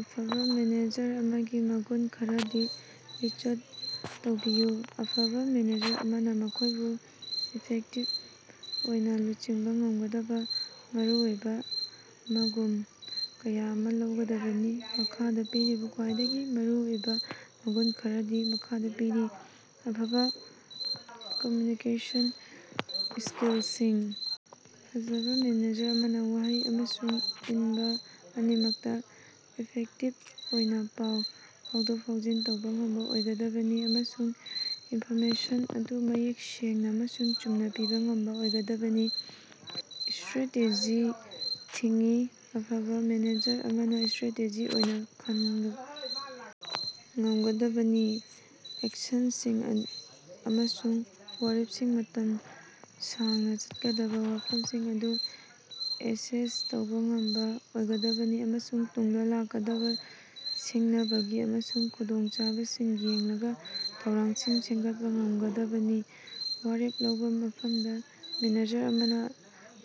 ꯑꯐꯕ ꯃꯦꯅꯦꯖꯔ ꯑꯃꯒꯤ ꯃꯒꯨꯟ ꯈꯔꯗꯤ ꯂꯤꯁꯆꯠ ꯇꯧꯕꯤꯌꯨ꯫ ꯑꯐꯕ ꯃꯦꯅꯦꯖꯔ ꯑꯃꯅ ꯃꯈꯣꯏꯕꯨ ꯏꯐꯦꯛꯇꯤꯕ ꯑꯣꯏꯅ ꯂꯨꯆꯤꯡꯕ ꯉꯝꯒꯗꯕ ꯃꯔꯨꯑꯣꯏꯕ ꯃꯒꯨꯟ ꯀꯌꯥ ꯑꯃ ꯂꯩꯒꯗꯕꯅꯤ꯫ ꯃꯈꯥꯗ ꯄꯤꯔꯤꯕ ꯈ꯭ꯋꯥꯏꯗꯒꯤ ꯃꯔꯨꯑꯣꯏꯕ ꯃꯒꯨꯟ ꯈꯔꯗꯤ ꯃꯈꯥꯗ ꯄꯤꯔꯤ - ꯑꯐꯕ ꯀꯝꯃ꯭ꯌꯨꯅꯤꯀꯦꯁꯟ ꯁ꯭ꯀꯤꯜꯁꯤꯡ - ꯑꯐꯕ ꯃꯦꯅꯦꯖꯔ ꯑꯃꯅ ꯋꯥꯍꯩ ꯑꯃꯁꯨꯡ ꯑꯏꯕ ꯑꯅꯤꯃꯛꯇ ꯏꯐꯦꯛꯇꯤꯚ ꯑꯣꯏꯅ ꯄꯥꯎ ꯐꯥꯎꯗꯣꯛ-ꯐꯥꯎꯖꯤꯟ ꯇꯧꯕ ꯉꯝꯕ ꯑꯣꯏꯒꯗꯕꯅꯤ ꯑꯃꯁꯨꯡ ꯏꯟꯐꯣꯔꯃꯦꯁꯟ ꯑꯗꯨ ꯃꯌꯦꯛ ꯁꯦꯡꯅ ꯑꯃꯁꯨꯡ ꯆꯨꯝꯅ ꯄꯤꯕ ꯉꯝꯕ ꯑꯣꯏꯒꯗꯕꯅꯤ꯫ ꯁ꯭ꯇꯔꯦꯇꯦꯖꯤꯛ ꯊꯤꯡꯀꯤꯡ - ꯑꯐꯕ ꯃꯦꯅꯦꯖꯔ ꯑꯃꯅ ꯁ꯭ꯇꯔꯦꯇꯦꯖꯤꯛ ꯑꯣꯏꯅ ꯈꯅꯕꯥ ꯉꯝꯒꯗꯕꯅꯤ, ꯑꯦꯛꯁꯟꯁꯤꯡ ꯑꯃꯁꯨꯡ ꯋꯥꯔꯦꯞꯁꯤꯡ ꯃꯇꯝ ꯁꯥꯡꯅ ꯆꯠꯀꯗꯕ ꯋꯥꯐꯝꯁꯤꯡ ꯑꯗꯨ ꯑꯦꯁꯦꯁ ꯇꯧꯕ ꯉꯝꯕ ꯑꯣꯏꯒꯗꯕꯅꯤ, ꯑꯃꯁꯨꯡ ꯇꯨꯡꯗ ꯂꯥꯛꯀꯗꯕ ꯁꯤꯡꯅꯕꯒꯤ ꯑꯃꯁꯨꯡ ꯈꯨꯗꯣꯡꯆꯥꯕꯁꯤꯡ ꯌꯦꯡꯂꯒ ꯊꯧꯔꯥꯡꯁꯤꯡ ꯁꯦꯝꯒꯠꯄ ꯉꯝꯒꯗꯕꯅꯤ꯫ ꯋꯥꯔꯦꯞ ꯂꯧꯕ - ꯃꯐꯝꯗꯥ ꯃꯦꯅꯦꯖꯔ ꯑꯃꯅ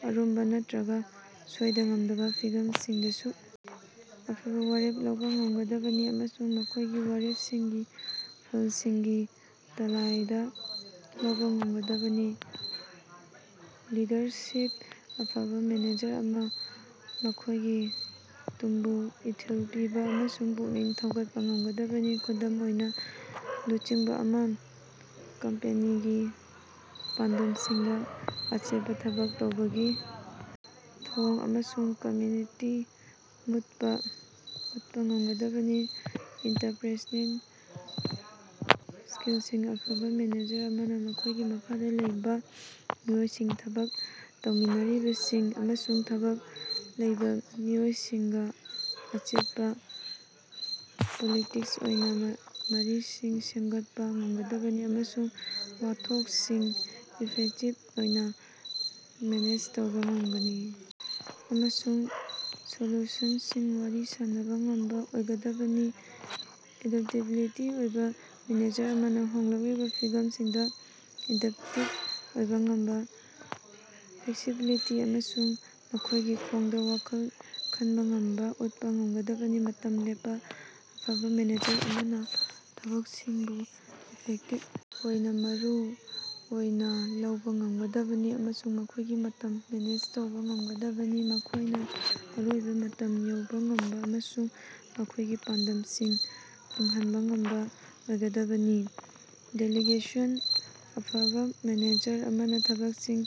ꯑꯔꯨꯕ ꯅꯠꯇꯔꯒ ꯁꯣꯏꯗ-ꯉꯥꯝꯗꯕ ꯐꯤꯚꯝꯁꯤꯡꯗꯁꯨ ꯑꯐꯕ ꯋꯥꯔꯦꯞ ꯂꯧꯕ ꯉꯝꯒꯗꯕꯅꯤ ꯑꯃꯁꯨꯡ ꯃꯈꯣꯏꯒꯤ ꯋꯥꯔꯦꯞꯁꯤꯡꯒꯤ ꯐꯜꯁꯤꯡꯒꯤ ꯗꯥꯏꯇꯥ ꯂꯧꯕ ꯉꯝꯒꯗꯕꯅꯤ꯫ ꯂꯤꯗꯔꯁꯤꯞ - ꯑꯐꯕ ꯃꯦꯅꯦꯖꯔ ꯑꯃꯅ ꯃꯈꯣꯏꯒꯤ ꯇꯤꯝꯕꯨ ꯏꯊꯤꯜ ꯄꯤꯕ ꯑꯃꯁꯨꯡ ꯄꯨꯛꯅꯤꯡ ꯊꯧꯒꯠꯄ ꯉꯝꯒꯗꯕꯅꯤ, ꯈꯨꯗꯝ ꯑꯣꯏꯅ ꯂꯨꯆꯤꯡꯕ ꯑꯃ ꯀꯝꯄꯦꯅꯤꯒꯤ ꯄꯥꯟꯗꯝꯁꯤꯡꯗ ꯑꯆꯦꯠꯄ ꯊꯕꯛ ꯇꯧꯕꯒꯤ ꯊꯧꯑꯣꯡ ꯑꯃꯁꯨꯡ ꯀꯝꯃꯤꯠꯃꯦꯟꯇ ꯎꯠꯄ ꯉꯝꯒꯗꯕꯅꯤ꯫ ꯏꯟꯇꯔꯄꯔꯁꯣꯅꯦꯜ ꯁ꯭ꯀꯤꯜꯁꯤꯡ - ꯑꯐꯕ ꯃꯦꯅꯦꯖꯔ ꯑꯃꯅ ꯃꯈꯣꯏꯒꯤ ꯃꯈꯥꯗ ꯂꯩꯕ ꯃꯤꯑꯣꯏꯁꯤꯡ, ꯊꯕꯛ ꯇꯧꯃꯤꯟꯅꯔꯤꯕꯁꯤꯡ ꯑꯃꯁꯨꯡ ꯃꯊꯛꯇ ꯂꯩꯕꯥꯃꯤꯑꯣꯏꯁꯤꯡꯒ ꯑꯆꯦꯠꯄ, ꯄꯣꯂꯤꯇꯤꯁ ꯑꯣꯏꯕ ꯃꯔꯤꯁꯤꯡ ꯁꯦꯝꯒꯠꯄ ꯉꯝꯒꯗꯕꯅꯤ, ꯑꯃꯁꯨꯡ ꯋꯥꯊꯣꯛꯁꯤꯡ ꯏꯐꯦꯛꯇꯤꯕ ꯑꯣꯏꯅ ꯃꯦꯅꯦꯖ ꯇꯧꯕ ꯉꯝꯕ ꯑꯃꯁꯨꯡ ꯁꯣꯂꯨꯁꯟꯁꯤꯡ ꯋꯥꯔꯤ ꯁꯥꯅꯕ ꯉꯝꯕ ꯑꯣꯏꯒꯗꯕꯅꯤ꯫ ꯑꯦꯗꯞꯇꯦꯕꯤꯂꯤꯇꯤ - ꯑꯐꯕ ꯃꯦꯅꯦꯖꯔ ꯑꯃꯅ ꯍꯣꯡꯂꯛꯂꯤꯕ ꯐꯤꯚꯝꯁꯤꯡꯗ ꯑꯦꯗꯞꯇꯦꯕꯜ ꯑꯣꯏꯕ ꯉꯝꯕ, ꯐ꯭ꯂꯦꯛꯁꯤꯕꯤꯂꯤꯇꯤ ꯑꯃꯁꯨꯡ ꯃꯈꯣꯏꯒꯤ ꯈꯣꯡꯗ ꯋꯥꯈꯜ ꯈꯟꯕ ꯉꯝꯕ ꯎꯠꯄ ꯉꯝꯒꯗꯕꯅꯤ꯫ ꯃꯇꯝ ꯂꯦꯞꯄ - ꯑꯐꯕ ꯃꯦꯅꯦꯖꯔ ꯑꯃꯅ ꯊꯕꯛꯁꯤꯡꯕꯨ ꯏꯐꯦꯛꯇꯤꯕ ꯑꯣꯏꯅ ꯃꯔꯨ ꯑꯣꯏꯅ ꯂꯧꯕ ꯉꯝꯒꯗꯕꯅꯤ ꯑꯃꯁꯨꯡ ꯃꯈꯣꯏꯒꯤ ꯃꯇꯝ ꯃꯦꯅꯦꯖ ꯇꯧꯕ ꯉꯝꯒꯗꯕꯅꯤ, ꯃꯈꯣꯏꯅ ꯑꯔꯣꯏꯕ ꯃꯇꯝ ꯌꯧꯕ ꯉꯝꯕ ꯑꯃꯁꯨꯡ ꯃꯈꯣꯏꯒꯤ ꯄꯥꯟꯗꯝꯁꯤꯡ ꯐꯪꯍꯟꯕ ꯉꯝꯕ ꯑꯣꯏꯒꯗꯕꯅꯤ꯫ ꯗꯦꯂꯤꯒꯦꯁꯟ - ꯑꯐꯕ ꯃꯦꯅꯦꯖꯔ ꯑꯃꯅ ꯊꯕꯛꯁꯤꯡ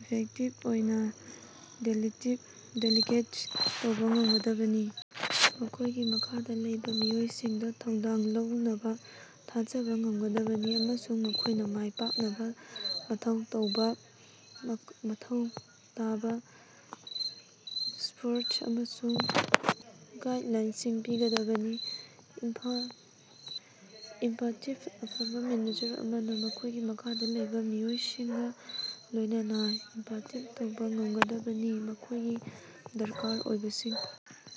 ꯏꯐꯦꯛꯇꯤꯕ ꯑꯣꯏꯅ ꯗꯦꯂꯤꯒꯦꯠ ꯇꯧꯕ ꯉꯝꯒꯗꯕꯅꯤ, ꯃꯈꯣꯏꯒꯤ ꯃꯈꯥꯗ ꯂꯩꯕ ꯃꯤꯑꯣꯏꯁꯤꯡꯗ ꯊꯧꯗꯥꯡ ꯂꯧꯅꯕ ꯊꯥꯖꯕ ꯊꯝꯒꯗꯕꯅꯤ ꯑꯃꯁꯨꯡ ꯃꯈꯣꯏꯅ ꯃꯥꯏ ꯄꯥꯛꯅꯕ ꯃꯊꯧ ꯇꯥꯕ ꯁꯄꯣꯔꯠ ꯑꯃꯁꯨꯡ ꯒꯥꯏꯗꯂꯥꯏꯟꯁꯤꯡ ꯄꯤꯒꯗꯕꯅꯤ꯫ ꯏꯝꯄꯥꯇꯤ -ꯑꯐꯕ ꯃꯦꯅꯦꯖꯔ ꯑꯃꯅ ꯃꯈꯣꯏꯒꯤ ꯃꯈꯥꯗ ꯂꯩꯕ ꯃꯤꯑꯣꯏꯁꯤꯡꯒ ꯂꯣꯏꯅꯅ ꯏꯝꯄꯥꯇꯤ ꯇꯧꯕ ꯉꯝꯒꯗꯕꯅꯤ, ꯃꯈꯣꯏꯒꯤ ꯗꯔꯀꯥꯔ ꯑꯣꯏꯕꯁꯤꯡ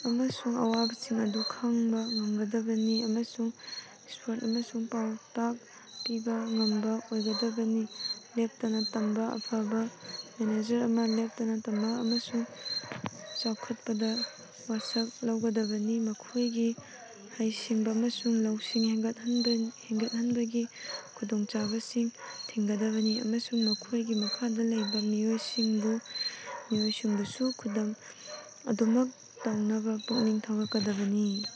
ꯑꯃꯁꯨꯡ ꯑꯋꯥꯕꯁꯤꯡ ꯑꯗꯨ ꯈꯪꯕ ꯉꯝꯒꯗꯕꯅꯤ ꯑꯃꯁꯨꯡ ꯁꯄꯣꯔꯠ ꯑꯃꯁꯨꯡ ꯄꯥꯎꯇꯥꯛ ꯄꯤꯕ ꯉꯝꯕ ꯑꯣꯏꯒꯗꯕꯅꯤ꯫ ꯂꯦꯞꯇꯅ ꯇꯝꯕ - ꯑꯐꯕꯥ ꯃꯦꯅꯦꯖꯔ ꯑꯃꯅ ꯂꯦꯞꯇꯅ ꯇꯝꯕ ꯑꯃꯁꯨꯡ ꯆꯥꯎꯈꯠꯄꯗ ꯋꯥꯁꯛ ꯂꯧꯒꯗꯕꯅꯤ, ꯃꯈꯣꯏꯒꯤ ꯍꯩꯁꯤꯡꯕ ꯑꯃꯁꯨꯡ ꯂꯧꯁꯤꯡ ꯍꯦꯟꯒꯠꯍꯟꯅꯕꯒꯤ ꯈꯨꯗꯣꯡꯆꯥꯕꯁꯤꯡ ꯊꯤꯒꯗꯕꯅꯤ ꯑꯃꯁꯨꯡ ꯃꯈꯣꯏꯒꯤ ꯃꯈꯥꯗ ꯂꯩꯕ ꯃꯤꯑꯣꯏꯁꯤꯡꯕꯨꯁꯨ ꯑꯗꯨꯃꯛ ꯇꯧꯅꯕ ꯄꯨꯛꯅꯤꯡ ꯊꯧꯒꯠꯀꯗꯕꯅꯤ꯫